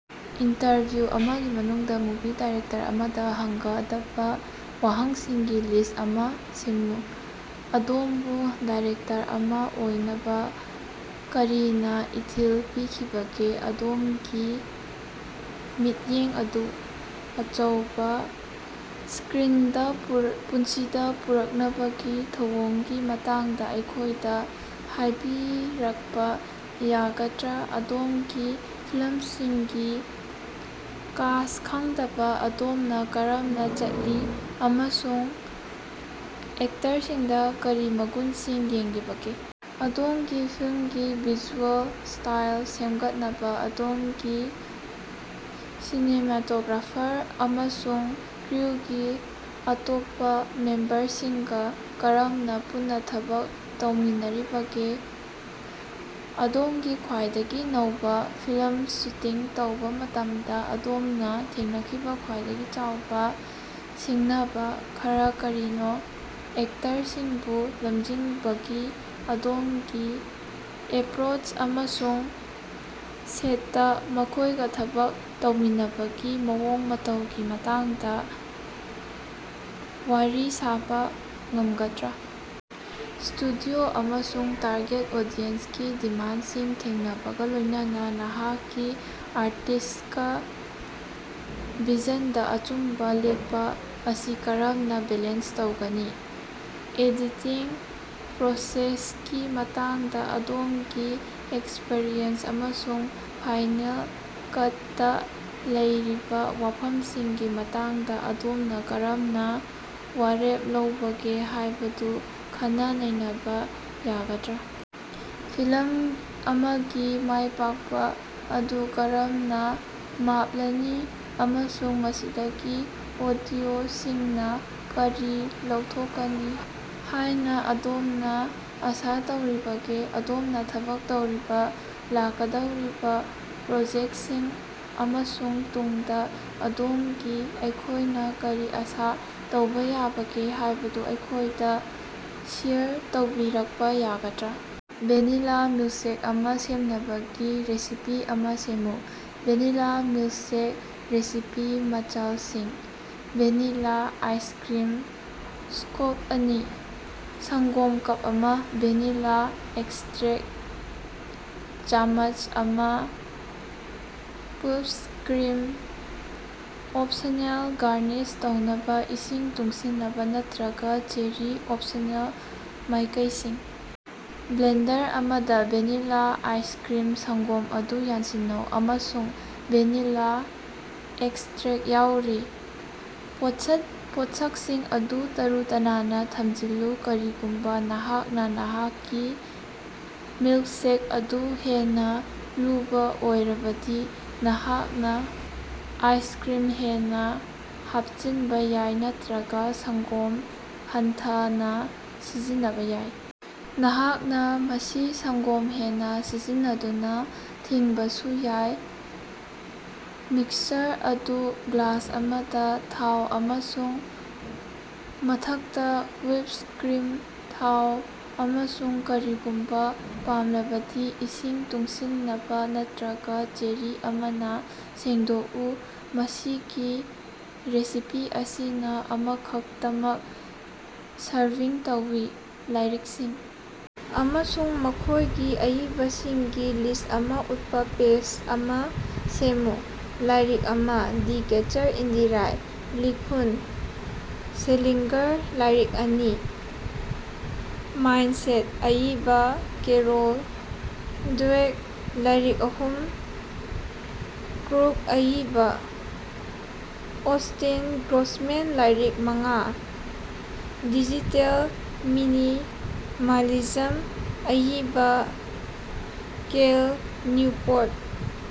Interview ꯑꯃꯒꯤ ꯃꯅꯨꯡꯗ movie director ꯑꯃꯗ ꯍꯪꯒꯗꯕ ꯋꯥꯍꯪꯁꯤꯡꯒꯤ ꯂꯤꯁ꯭ꯠ ꯑꯃꯥ ꯁꯦꯝꯃꯨ꯫ ꯑꯗꯣꯝꯕꯨ ꯗꯥꯏꯔꯦꯛꯇꯔ ꯑꯃꯥ ꯑꯣꯏꯅꯕ ꯀꯔꯤꯅ ꯏꯊꯤꯜ ꯄꯤꯈꯤꯕꯒꯦ? ꯑꯗꯣꯝꯒꯤ ꯃꯤꯠꯌꯦꯡ ꯑꯗꯨ ꯑꯆꯧꯕ ꯁ꯭ꯀꯔꯤꯟꯗ ꯄꯨꯟꯁꯤꯗ ꯄꯨꯔꯛꯅꯕꯒꯤ ꯊꯧꯑꯣꯡꯒꯤ ꯃꯇꯥꯡꯗ ꯑꯩꯈꯣꯏꯗ ꯍꯥꯏꯕꯤꯔꯛꯄ ꯌꯥꯒꯗ꯭ꯔꯥ? ꯑꯗꯣꯝꯒꯤ ꯐꯤꯂꯝꯁꯤꯡꯒꯤ ꯀꯥꯁ꯭ꯠ ꯈꯟꯕꯗ ꯑꯗꯣꯝꯅ ꯀꯔꯝꯅ ꯆꯠꯂꯤ, ꯑꯃꯁꯨꯡ ꯑꯦꯛꯇꯔꯁꯤꯡꯗ ꯀꯔꯤ ꯃꯒꯨꯟꯁꯤꯡ ꯌꯦꯡꯂꯤꯕꯒꯦ? ꯑꯗꯣꯝꯒꯤ ꯐꯤꯂꯝꯒꯤ ꯚꯤꯖꯨꯑꯦꯜ ꯁ꯭ꯇꯥꯏꯜ ꯁꯦꯝꯒꯠꯅꯕ ꯑꯗꯣꯝꯒꯤ ꯁꯤꯅꯦꯃꯥꯇꯣꯒ꯭ꯔꯥꯐꯥꯔ ꯑꯃꯁꯨꯡ ꯀ꯭ꯔꯨꯒꯤ ꯑꯇꯣꯞꯄ ꯃꯦꯝꯕꯔꯁꯤꯡꯒ ꯀꯔꯝꯅ ꯄꯨꯟꯅ ꯊꯕꯛ ꯇꯧꯃꯤꯟꯅꯔꯤꯕꯒꯦ? ꯑꯗꯣꯝꯒꯤ ꯈ꯭ꯋꯥꯏꯗꯒꯤ ꯅꯧꯕ ꯐꯤꯂꯝ ꯁꯨꯇꯤꯡ ꯇꯧꯕ ꯃꯇꯝꯗ ꯑꯗꯣꯝꯅ ꯊꯦꯡꯅꯈꯤꯕ ꯈ꯭ꯋꯥꯏꯗꯒꯤ ꯆꯥꯎꯕ ꯁꯤꯡꯅꯕ ꯈꯔꯥ ꯀꯔꯤꯅꯣ? ꯑꯦꯛꯇꯔꯁꯤꯡꯕꯨ ꯂꯝꯖꯤꯡꯕꯒꯤ ꯑꯗꯣꯝꯒꯤ ꯑꯦꯄꯔꯣꯆ ꯑꯃꯁꯨꯡ ꯁꯦꯠꯇꯥ ꯃꯈꯣꯏꯒ ꯊꯕꯛ ꯇꯧꯃꯤꯟꯅꯕꯒꯤ ꯃꯑꯣꯡ ꯃꯇꯧꯒꯤ ꯃꯇꯥꯡꯗ ꯋꯥꯔꯤ ꯁꯥꯕ ꯉꯝꯒꯗ꯭ꯔꯥ? ꯁ꯭ꯇꯨꯗꯤꯑꯣ ꯑꯃꯁꯨꯡ ꯇꯥꯔꯒꯦꯠ ꯑꯣꯗꯤꯁꯟꯒꯤ ꯗꯤꯃꯥꯟꯗꯁꯤꯡ ꯊꯦꯡꯅꯕꯒ ꯂꯣꯏꯅꯅ ꯅꯍꯥꯛꯀꯤ ꯑꯥꯔꯇꯤꯁ꯭ꯇꯤꯛ ꯚꯤꯖꯟꯗ ꯑꯆꯨꯝꯕ ꯂꯦꯞꯄ ꯑꯁꯤ ꯀꯔꯝꯅ ꯕꯦꯂꯦꯟꯁ ꯇꯧꯒꯅꯤ? ꯑꯦꯗꯤꯇꯤꯡ ꯄ꯭ꯔꯣꯁꯦꯁꯀꯤ ꯃꯇꯥꯡꯗ ꯑꯗꯣꯝꯒꯤ ꯑꯦꯛꯁꯄꯔꯤꯌꯦꯟꯁ ꯑꯃꯁꯨꯡ ꯐꯥꯏꯅꯦꯜ ꯀꯠꯇ ꯂꯩꯔꯤꯕ ꯋꯥꯐꯝꯁꯤꯡꯒꯤ ꯃꯇꯥꯡꯗ ꯑꯗꯣꯝꯅ ꯀꯔꯝꯅ ꯋꯥꯔꯦꯞ ꯂꯧꯕꯒꯦ ꯍꯥꯏꯕꯗꯨ ꯈꯟꯅ-ꯅꯩꯅꯕ ꯌꯥꯒꯗ꯭ꯔꯥ? ꯐꯤꯂꯝ ꯑꯃꯒꯤ ꯃꯥꯏ ꯄꯥꯛꯄ ꯑꯗꯨ ꯀꯔꯝꯅ ꯃꯥꯞꯂꯅꯤ ꯑꯃꯁꯨꯡ ꯃꯁꯤꯗꯒꯤ ꯑꯣꯗꯤꯑꯣꯁꯤꯡꯅ ꯀꯔꯤ ꯂꯧꯊꯣꯛꯀꯅꯤ ꯍꯥꯏꯅ ꯑꯗꯣꯝꯅ ꯑꯥꯁ ꯇꯧꯔꯤꯕꯒꯦ? ꯑꯗꯣꯝꯅ ꯊꯕꯛ ꯇꯧꯔꯤꯕꯥ ꯂꯥꯛꯀꯗꯧꯔꯤꯕ ꯄ꯭ꯔꯣꯖꯦꯛꯇꯁꯤꯡ ꯑꯃꯁꯨꯡ ꯇꯨꯡꯗ ꯑꯗꯣꯝꯗꯒꯤ ꯑꯩꯈꯣꯏꯅ ꯀꯔꯤ ꯑꯁꯥ ꯇꯧꯕ ꯌꯥꯕꯒꯦ ꯍꯥꯏꯕꯗꯨ ꯑꯩꯈꯣꯏꯗ ꯁꯦꯌꯔ ꯇꯧꯕꯤꯔꯛꯄꯥ ꯌꯥꯒꯗ꯭ꯔꯥ? ꯚꯦꯅꯤꯂꯥ ꯃꯤꯜꯛꯁꯦꯛ ꯑꯃꯥ ꯁꯦꯝꯅꯕꯒꯤ ꯔꯦꯁꯤꯄꯤ ꯑꯃꯥ ꯁꯦꯝꯃꯨ꯫ ꯚꯦꯅꯤꯂꯥ ꯃꯤꯜꯛꯁꯦꯛ ꯔꯦꯁꯤꯄꯤ ꯃꯆꯥꯛꯁꯤꯡ: ꯚꯦꯅꯤꯂꯥ ꯑꯥꯏꯁꯀꯔꯤꯝ ꯁ꯭ꯀꯣꯞ ꯑꯅꯤ ꯁꯪꯒꯣꯝ ꯀꯞ ꯑꯃ ꯚꯦꯅꯤꯂꯥ ꯑꯦꯛꯁꯇꯔꯦꯛ ꯆꯥꯃꯆ ꯑꯃ ꯍꯨꯏꯞ ꯀ꯭ꯔꯤꯝ ꯑꯣꯞꯁꯅꯦꯜ ꯒꯥꯔꯅꯤꯁ ꯇꯧꯅꯕ ꯏꯁꯤꯡ ꯇꯨꯡꯁꯤꯅꯕ ꯅꯠꯇꯔꯒ ꯆꯦꯔꯤ ꯑꯣꯄꯁꯅꯦꯜ ꯃꯥꯏꯀꯩꯁꯤꯡ: ꯕ꯭ꯂꯦꯟꯗꯔ ꯑꯃꯗ ꯚꯦꯅꯤꯂꯥ ꯑꯥꯏꯁꯀꯔꯤꯝ, ꯁꯪꯒꯣꯝ ꯑꯗꯨ ꯌꯥꯟꯁꯤꯟꯅꯧ꯫ ꯑꯃꯁꯨꯡ ꯚꯦꯅꯤꯂꯥ ꯑꯦꯛꯁꯇꯔꯦꯛ ꯌꯥꯎꯔꯤ꯫ ꯄꯣꯠꯁꯛꯁꯤꯡ ꯑꯗꯨ ꯇꯔꯨ-ꯇꯅꯥꯟꯅ ꯊꯝꯖꯤꯜꯂꯨ꯫ ꯀꯔꯤꯒꯨꯝꯕ ꯅꯍꯥꯛꯅ ꯅꯍꯥꯛꯀꯤ ꯃꯤꯜꯛꯁꯦꯛ ꯑꯗꯨ ꯍꯦꯟꯅ ꯂꯨꯝꯕꯥ ꯑꯣꯏꯔꯕꯗꯤ, ꯅꯍꯥꯛꯅ ꯑꯥꯏꯁꯀꯔꯤꯝ ꯍꯦꯟꯅ ꯍꯥꯞꯆꯤꯟꯕ ꯌꯥꯏ ꯅꯠꯇꯔꯒ ꯁꯪꯒꯣꯝ ꯍꯟꯊꯅꯥ ꯁꯤꯖꯤꯟꯅꯕ ꯌꯥꯏ꯫ ꯅꯍꯥꯛꯅ ꯃꯁꯤ ꯁꯪꯒꯣꯝ ꯍꯦꯟꯅ ꯁꯤꯖꯤꯟꯅꯗꯨꯅ ꯊꯤꯡꯕꯁꯨ ꯌꯥꯏ꯫ ꯃꯤꯛꯁꯆꯔ ꯑꯗꯨ ꯒ꯭ꯂꯥꯁ ꯑꯃꯗ ꯊꯥꯎ ꯑꯃꯁꯨꯡ ꯃꯊꯛꯇ ꯍꯨꯏꯞ ꯀ꯭ꯔꯤꯝ ꯊꯥꯎ ꯑꯃꯁꯨꯡ ꯀꯔꯤꯒꯨꯝꯕ ꯄꯥꯝꯂꯕꯗꯤ ꯏꯁꯤꯡ ꯇꯨꯡꯁꯤꯅꯕ ꯅꯠꯇꯔꯒ ꯆꯦꯔꯤ ꯑꯃꯅ ꯁꯦꯡꯗꯣꯛꯎ꯫ ꯃꯁꯤꯒꯤ ꯔꯦꯁꯤꯄꯤ ꯑꯁꯤꯅ ꯑꯃꯈꯛꯇꯃꯛ ꯁꯔꯚꯤꯡ ꯇꯧꯏ꯫ ꯂꯥꯏꯔꯤꯛꯁꯤꯡ ꯑꯃꯁꯨꯡ ꯃꯈꯣꯌꯒꯤ ꯑꯏꯕꯁꯤꯡꯒꯤ ꯂꯤꯁ꯭ꯠ ꯑꯃꯥ ꯎꯠꯄ ꯄꯦꯖ ꯑꯃꯥ ꯁꯦꯝꯃꯨ꯫ ꯂꯥꯏꯔꯤꯛ ꯑꯃ: ꯗ ꯀꯦꯆꯔ ꯏꯟ ꯗꯤ ꯔꯥꯏ, ꯂꯤꯈꯨꯟ: ꯁꯦꯂꯤꯡꯒꯔ ꯂꯥꯏꯔꯤꯛ ꯑꯅꯤ: ꯃꯥꯏꯟꯗꯁꯦꯠ, ꯑꯏꯕꯥ: ꯀꯦꯔꯣꯜ ꯗ꯭ꯋꯦꯛ ꯂꯥꯏꯔꯤꯛ ꯑꯍꯨꯝ: ꯀ꯭ꯔꯨꯛ, ꯑꯏꯕꯥ: ꯑꯣꯁ꯭ꯇꯤꯟ ꯒ꯭ꯔꯣꯁꯃꯦꯟ ꯂꯥꯏꯔꯤꯛ ꯃꯉꯥ: ꯗꯤꯖꯤꯇꯦꯜ ꯃꯤꯅꯤꯃꯥꯂꯤꯖꯝ, ꯑꯏꯕꯥ: ꯀꯦꯜ ꯅ꯭ꯌꯨꯄꯣꯔꯠ꯫